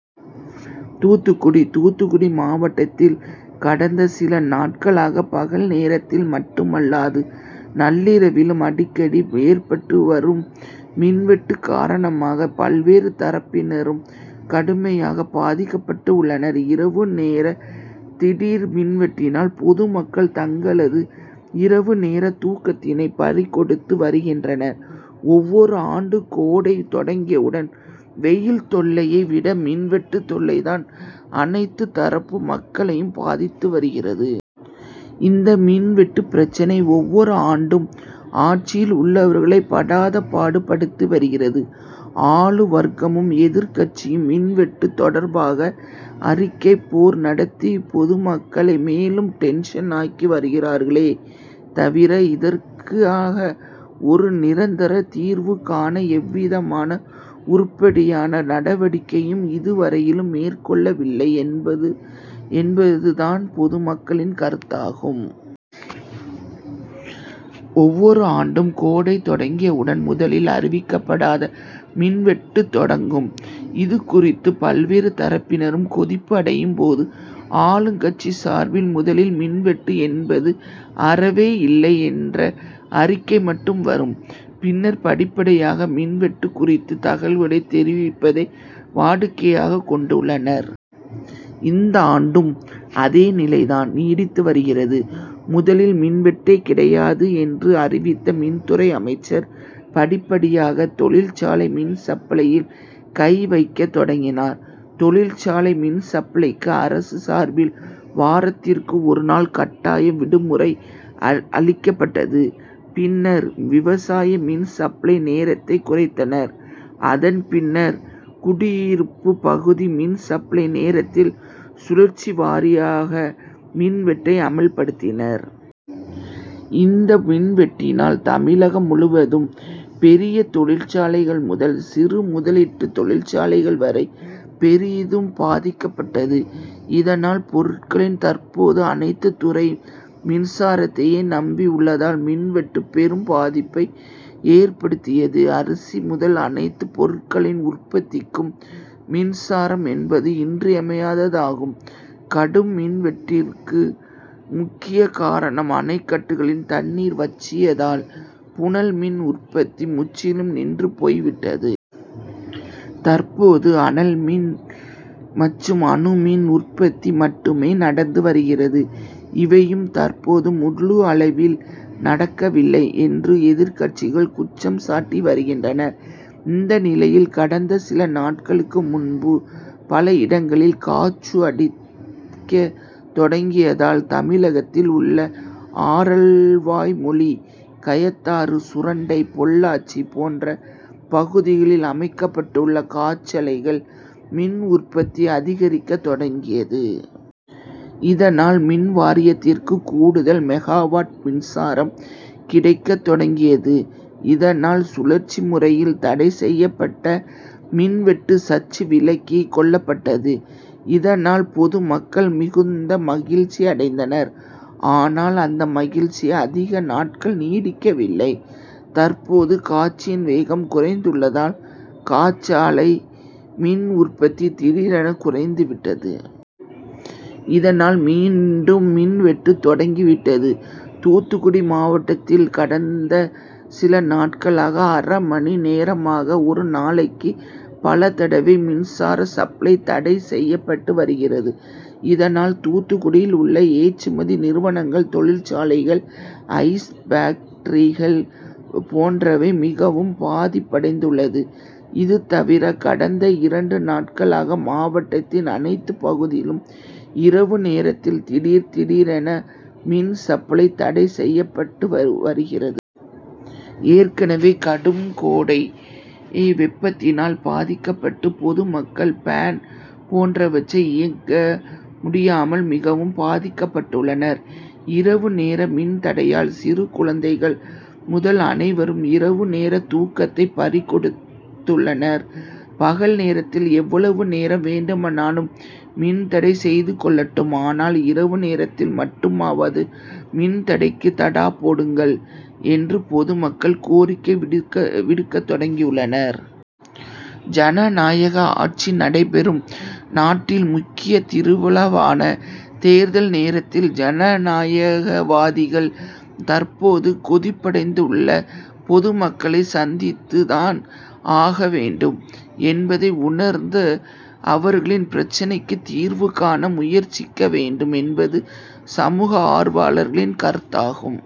தூத்துக்குடி தூத்துக்குடி மாவட்டத்தில் கடந்த சில நாட்களாக பகல் நேரத்தில் மட்டுமல்லாது நள்ளிரவிலும் அடிக்கடி ஏற்பட்டு வரும் மின்வெட்டு காரணமாக பல்வேறு தரப்பினரும் கடுமையாக பாதிக்கப்பட்டு உள்ளனர். இரவு நேர திடீர் மின்வெட்டினால் பொதுமக்கள் தங்களது இரவு நேர தூக்கத்தினை பறிகொடுத்து வருகின்றனர். ஒவ்வொரு ஆண்டும் கோடை தொடங்கியுடன் வெயில் தொல்லையை விட மின்வெட்டு தொல்லைதான் அனைத்து தரப்பு மக்களையும் பாதித்து வருகிறது. இந்த மின்வெட்டு பிரச்னை ஒவ்வொரு ஆண்டும் ஆட்சியில் உள்ளவர்களை படாதபாடு படுத்தி வருகிறது. ஆளும் வர்க்கமும் எதிர்கட்சியும் மின்வெட்டு தொடர்பாக அறிக்கை போர் நடத்தி பொதுமக்களை மேலும் டென்சன் ஆக்கி வருகிறார்களே தவிர இதற்காக ஒரு நிரந்தர தீர்வு காண எந்தவிதமான உருப்படியான நடவடிக்கையையும் இதுவரையிலும் மேற்கொள்ளவில்லை என்பது தான் பொதுமக்களின் கருத்தாகும். ஒவ்வொரு ஆண்டும் கோடை தொடங்கியவுடன் முதலில் அறிவிக்கப்படாத மின்வெட்டு தொடங்கும். இது குறித்து பல்வேறு தரப்பினரும் கொதிப்பு அடையும் போது ஆளும்கட்சி சார்பில் முதலில் மின்வெட்டு என்பது அறவே இல்லை என்ற அறிக்கை மட்டும் வரும். பின்னர் படிப்படியாக மின்வெட்டு குறித்த தகவல்களை தெரிவிப்பதை வாடிக்கையாக கொண்டுள்ளனர். இந்தாண்டும் அதே நிலை தான் நீடித்து வருகிறது. முதலில் மின்வெட்டே கிடையாது என்று அறிவித்த மின்துறை அமைச்சர் படிப்படியாக தொழிற்சாலை மின்சப்ளையில் கைவைக்கத் தொடங்கினர். தொழிற்சாலை மின்சப்ளைக்கு அரசு சார்பில் வாரத்திற்கு ஒருநாள் கட்டாய விடுமுறை அளிக்கப்பட்டது. பின்னர் விவசாய மின்சப்ளை நேரத்தை குறைத்தனர். அதன்பின்னர் குடியிருப்பு பகுதி மின்சப்ளை நேரத்தில் சுழற்சிவாரியாக மின்வெட்டை அமல்படுத்தினர். இந்த மின்வெட்டினால் தமிழகம் முழுவதும் பெரிய தொழிற்சாலைகள் முதல் சிறுமுதலீட்டு தொழிற்சாலைகள் வரை பெரிதும் பாதிக்கப்பட்டது. இதனால் பொருட்களின் தற்போது அனைத்து துறையும் மின்சாரத்தையே நம்பி உள்ளதால் மின்வெட்டு பெரும்பாதிப்பை ஏற்படுத்தியது. அரிசி முதல் அனைத்து பொருட்களின் உற்பத்திக்கும் மின்சாரம் என்பது இன்றியமையாததாகும். கடும் மின்வெட்டிற்கு முக்கிய காரணம் அணைகட்டுகளில் தண்ணீர் வற்றியதால் புனல்மின் உற்பத்தி முற்றிலுமாக நின்றுபோய்விட்டது. தற்போது அனல்மின் மற்றும் அணுமின் உற்பத்தி மட்டுமே நடந்து வருகிறது. இவையும் தற்போது முழு அளவில் நடக்கவில்லை என்று எதிர்கட்சிகள் குற்றம் சாட்டி வருகின்றனர். இந்நிலையில் கடந்த சில நாட்களுக்கு முன்பு பல இடங்களில் காற்று அடிக்கத் தொடங்கியதால் தமிழகத்தில் உள்ள ஆரல்வாய்மொழி கயத்தாறு சுரண்டை பொள்ளாச்சி போன்ற பகுதிகளில் அமைக்கப்பட்டுள்ள காற்றாலைகளில் மின்உற்பத்தி அதிகரிக்க தொடங்கியது. இதனால் மின்வாரியத்திற்கு கூடுதல் மெகாவாட் மின்சாரம் கிடைக்கத் தொடங்கியது. இதனால் சுழற்சி முறையில் தடைசெய்யப்பட்ட மின்வெட்டு சற்று விலக்கி கொள்ளப்பட்டது. இதனால் பொதுமக்கள் மிகுந்த மகிழ்ச்சி அடைந்தனர். ஆனால் அந்த மகிழ்ச்சி அதிக நாட்களுக்கு நீடிக்கவில்லை. தற்போது காற்றின் வேகம் குறைந்துள்ளதால் காற்றாலை மின் உற்பத்தி திடீரென குறைந்துவிட்டது. இதனால் மீண்டும் மின்வெட்டு தொடங்கிவிட்டது. தூத்துக்குடி மாவட்டத்தில் கடந்த சில நாட்களாக அரைமணி நேரமாக ஒரு நாளைக்கு பலதடவை மின்சார சப்ளை தடை செய்யப்பட்டு வருகிறது. இதனால் தூத்துக்குடியில் உள்ள ஏற்றுமதி நிறுவனங்கள் தொழிற்சாலைகள் ஐஸ் பேக்டரிகள் போன்றவை மிகவும் பாதிப்படைந்துள்ளது. இதுதவிர கடந்த இரண்டு நாட்களாக மாவட்டத்தின் அனைத்து பகுதிகளிலும் இரவு நேரத்தில் திடீர் திடீர் என மின்சப்ளை தடை செய்யப்பட்டு வருகிறது. ஏற்கனவே கடும்கோடை வெப்பத்தினால் பாதிக்கப்பட்ட பொதுமக்கள் பேன் போன்றவற்றை இயக்க முடியாமல் மிகவும் பாதிக்கப்பட்டுள்ளனர். இரவு நேர மின்தடையால் சிறு குழந்தைகள் முதல் அனைவரும் இரவு நேர தூக்கத்தை பறிகொடுத்துள்ளனர். பகல் நேரத்தில் எவ்வளவு நேரம் வேண்டுமானாலும் மின்தடை செய்து கொள்ளட்டும் ஆனால் இரவு நேரத்தில் மட்டுமாவது மின்தடைக்கு தடா போடுங்கள் என்று பொதுமக்கள் கோரிக்கை விடுக்க தொடங்கியுள்ளனர். ஜனநாயக ஆட்சிநடைபெறும் நாட்டில் முக்கிய திருவிழாவான தேர்தல் நேரத்தில் ஜனநாயகவாதிகள் தற்போது கொதிப்படைந்துள்ள பொதுமக்களை சந்தித்துதான் ஆக வேண்டும் என்பதை உணர்ந்து அவர்களின் பிரச்னைக்கு தீர்வுகாண முயற்சிக்க வேண்டும் என்பது சமூக ஆர்வலர்களின் கருத்தாகும்.